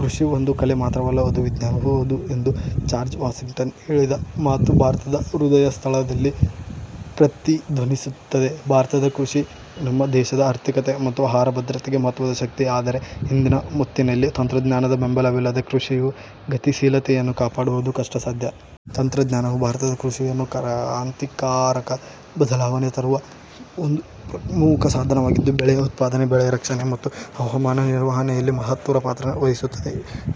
"ಕೃಷಿ ಒಂದು ಕಲೆ ಮಾತ್ರವಲ್ಲ, ಅದು ವಿಜ್ಞಾನವೂ ಹೌದು" ಎಂದು ಜಾರ್ಜ್ ವಾಷಿಂಗ್ಟನ್ ಹೇಳಿದ ಮಾತು ಭಾರತದ ಹೃದಯಸ್ಥಲದಲ್ಲಿ ಪ್ರತಿಧ್ವನಿಸುತ್ತದೆ. ಭಾರತದ ಕೃಷಿ, ನಮ್ಮ ದೇಶದ ಆರ್ಥಿಕತೆ ಮತ್ತು ಆಹಾರ ಭದ್ರತೆಗೆ ಮಹತ್ವದ ಶಕ್ತಿ. ಆದರೆ ಇಂದಿನ ಹೊತ್ತಿನಲ್ಲಿ, ತಂತ್ರಜ್ಞಾನದ ಬೆಂಬಲವಿಲ್ಲದೆ ಕೃಷಿಯು ಗತಿಶೀಲತೆಯನ್ನು ಕಾಪಾಡುವುದು ಕಷ್ಟಸಾಧ್ಯ. ತಂತ್ರಜ್ಞಾನವು ಭಾರತದ ಕೃಷಿಯನ್ನು ಕ್ರಾಂತಿಕಾರಕ ಬದಲಾವಣೆ ತರುವ ಒಂದು ಪ್ರಮುಖ ಸಾಧನವಾಗಿದ್ದು, ಬೆಳೆ ಉತ್ಪಾದನೆ, ಬೆಳೆ ರಕ್ಷಣೆ, ಮತ್ತು ಹವಾಮಾನ ನಿರ್ವಹಣೆಯಲ್ಲಿ ಮಹತ್ತರ ಪಾತ್ರ ವಹಿಸುತ್ತದೆ.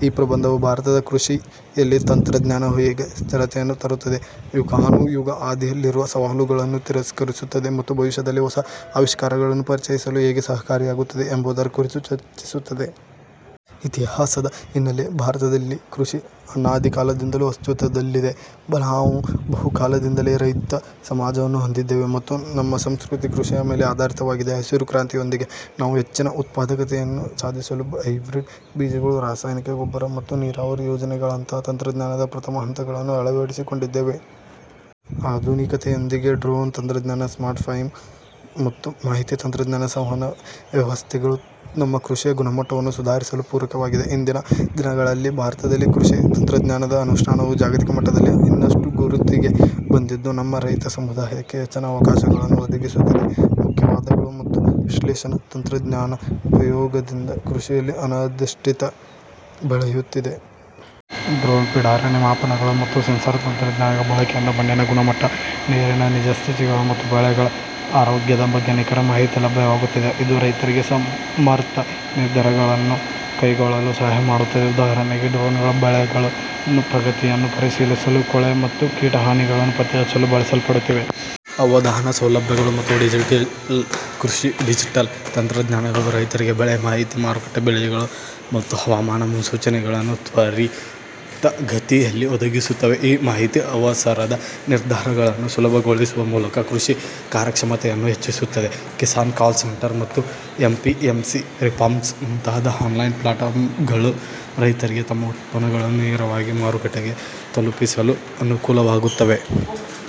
ಈ ಪ್ರಬಂಧವು, ಭಾರತದ ಕೃಷಿಯಲ್ಲಿ ತಂತ್ರಜ್ಞಾನವು ಹೇಗೆ ಸ್ಥಿರತೆಯನ್ನು ತರುತ್ತದೆ, ಯುಗಾನುಯುಗ ಹಾದಿಯಲ್ಲಿರುವ ಸವಾಲುಗಳನ್ನು ತಿರಸ್ಕರಿಸುತ್ತದೆ, ಮತ್ತು ಭವಿಷ್ಯದಲ್ಲಿ ಹೊಸ ಆವಿಷ್ಕಾರಗಳನ್ನು ಪರಿಚಯಿಸಲು ಹೇಗೆ ಸಹಕಾರಿಯಾಗುತ್ತದೆ ಎಂಬುದರ ಕುರಿತು ಚರ್ಚಿಸುತ್ತದೆ. ಇತಿಹಾಸದ ಹಿನ್ನಲೆ ಭಾರತದಲ್ಲಿ ಕೃಷಿ ಅನಾದಿಕಾಲದಿಂದಲೂ ಅಸ್ತಿತ್ವದಲ್ಲಿದೆ. ನಾವು ಬಹುಕಾಲದಿಂದಲೇ ರೈತ ಸಮಾಜವನ್ನು ಹೊಂದಿದ್ದೇವೆ, ಮತ್ತು ನಮ್ಮ ಸಂಸ್ಕೃತಿ ಕೃಷಿಯ ಮೇಲೆ ಆಧಾರಿತವಾಗಿದೆ. ಹಸಿರು ಕ್ರಾಂತಿಯೊಂದಿಗೆ, ನಾವು ಹೆಚ್ಚಿನ ಉತ್ಪಾದಕತೆಯನ್ನು ಸಾಧಿಸಲು ಹೈಬ್ರಿಡ್ ಬೀಜಗಳು, ರಾಸಾಯನಿಕ ಗೊಬ್ಬರ, ಮತ್ತು ನೀರಾವರಿ ಯೋಜನೆಗಳಂತಹ ತಂತ್ರಜ್ಞಾನದ ಪ್ರಥಮ ಹಂತಗಳನ್ನು ಅಳವಡಿಸಿಕೊಂಡಿದ್ದೇವೆ. ಆಧುನಿಕತೆಯೊಂದಿಗೆ, ಡ್ರೋನ್ ತಂತ್ರಜ್ಞಾನ, ಸ್ಮಾರ್ಟ್ ಫಾರ್ಮಿಂಗ್, ಮತ್ತು ಮಾಹಿತಿ ತಂತ್ರಜ್ಞಾನ ಸಂವಹನ ವ್ಯವಸ್ಥೆಗಳು ನಮ್ಮ ಕೃಷಿಯ ಗುಣಮಟ್ಟವನ್ನು ಸುಧಾರಿಸಲು ಪೂರಕವಾಗಿವೆ. ಇಂದಿನ ದಿನಗಳಲ್ಲಿ, ಭಾರತದಲ್ಲಿ ಕೃಷಿ ತಂತ್ರಜ್ಞಾನದ ಅನುಷ್ಠಾನವು ಜಾಗತಿಕ ಮಟ್ಟದಲ್ಲಿ ಇನ್ನಷ್ಟು ಗುರುತಿಗೆ ಬಂದಿದ್ದು, ನಮ್ಮ ರೈತ ಸಮುದಾಯಕ್ಕೆ ಹೆಚ್ಚಿನ ಅವಕಾಶಗಳನ್ನು ಒದಗಿಸುತ್ತಿದೆ. ಮುಖ್ಯ ವಾದಗಳು ಮತ್ತು ವಿಶ್ಲೇಷಣೆ ತಂತ್ರಜ್ಞಾನದ ಉಪಯೋಗದಿಂದ ಕೃಷಿಯಲ್ಲಿ ನಿರ್ದಿಷ್ಟತೆ ಬೆಳೆಯುತ್ತಿದೆ. ಡ್ರೋನ್ ಪಿಡಾರಣೆ, ಮಾಪನಗಳು, ಮತ್ತು ಸೆನ್ಸಾರ್ ತಂತ್ರಜ್ಞಾನಗಳ ಬಳಕೆಯಿಂದ ಮಣ್ಣಿನ ಗುಣಮಟ್ಟ, ನೀರಿನ ನಿಜಸ್ಥಿತಿಗಳು, ಮತ್ತು ಬೆಳೆಗಳ ಆರೋಗ್ಯದ ಬಗ್ಗೆ ನಿಖರ ಮಾಹಿತಿ ಲಭ್ಯವಾಗುತ್ತಿದೆ. ಇದು ರೈತರಿಗೆ ಸಮರ್ಥ ನಿರ್ಧಾರಗಳನ್ನು ಕೈಗೊಳ್ಳಲು ಸಹಾಯ ಮಾಡುತ್ತದೆ. ಉದಾಹರಣೆಗೆ, ಡ್ರೋನ್ಗಳು ಬೆಳೆಗಳ ಪ್ರಗತಿಯನ್ನು ಪರಿಶೀಲಿಸಲು, ಕೊಳೆ ಮತ್ತು ಕೀಟ ಹಾನಿಗಳನ್ನು ಪತ್ತೆಹಚ್ಚಲು ಬಳಸಲ್ಪಡುತ್ತಿವೆ. ಅವಧಾನ ಸೌಲಭ್ಯಗಳು ಮತ್ತು ಡಿಜಿಟಲ್ ಕೃಷಿ ಡಿಜಿಟಲ್ ತಂತ್ರಜ್ಞಾನಗಳು ರೈತರಿಗೆ ಬೆಳೆ ಮಾಹಿತಿ, ಮಾರುಕಟ್ಟೆ ಬೆಲೆಗಳು, ಮತ್ತು ಹವಾಮಾನ ಮುನ್ಸೂಚನೆಗಳನ್ನು ತ್ವರಿತಗತಿಯಲ್ಲಿ ಒದಗಿಸುತ್ತವೆ. ಈ ಮಾಹಿತಿ ಅವಸರದ ನಿರ್ಧಾರಗಳನ್ನು ಸುಲಭಗೊಳಿಸುವ ಮೂಲಕ ಕೃಷಿ ಕಾರ್ಯಕ್ಷಮತೆಯನ್ನು ಹೆಚ್ಚಿಸುತ್ತದೆ. 'ಕಿಸಾನ್ ಕಾಲ್ ಸೆಂಟರ್' ಮತ್ತು 'ಎಪಿಎಂಸಿ ರಿಫಾರ್ಮ್ಸ್' ಮುಂತಾದ ಆನ್ಲೈನ್ ಪ್ಲಾಟ್ಫಾರ್ಮ್ಗಳು, ರೈತರಿಗೆ ತಮ್ಮ ಉತ್ಪನ್ನಗಳನ್ನು ನೇರವಾಗಿ ಮಾರುಕಟ್ಟೆಗೆ ತಲುಪಿಸಲು ಅನುಕೂಲವಾಗುತ್ತವೆ.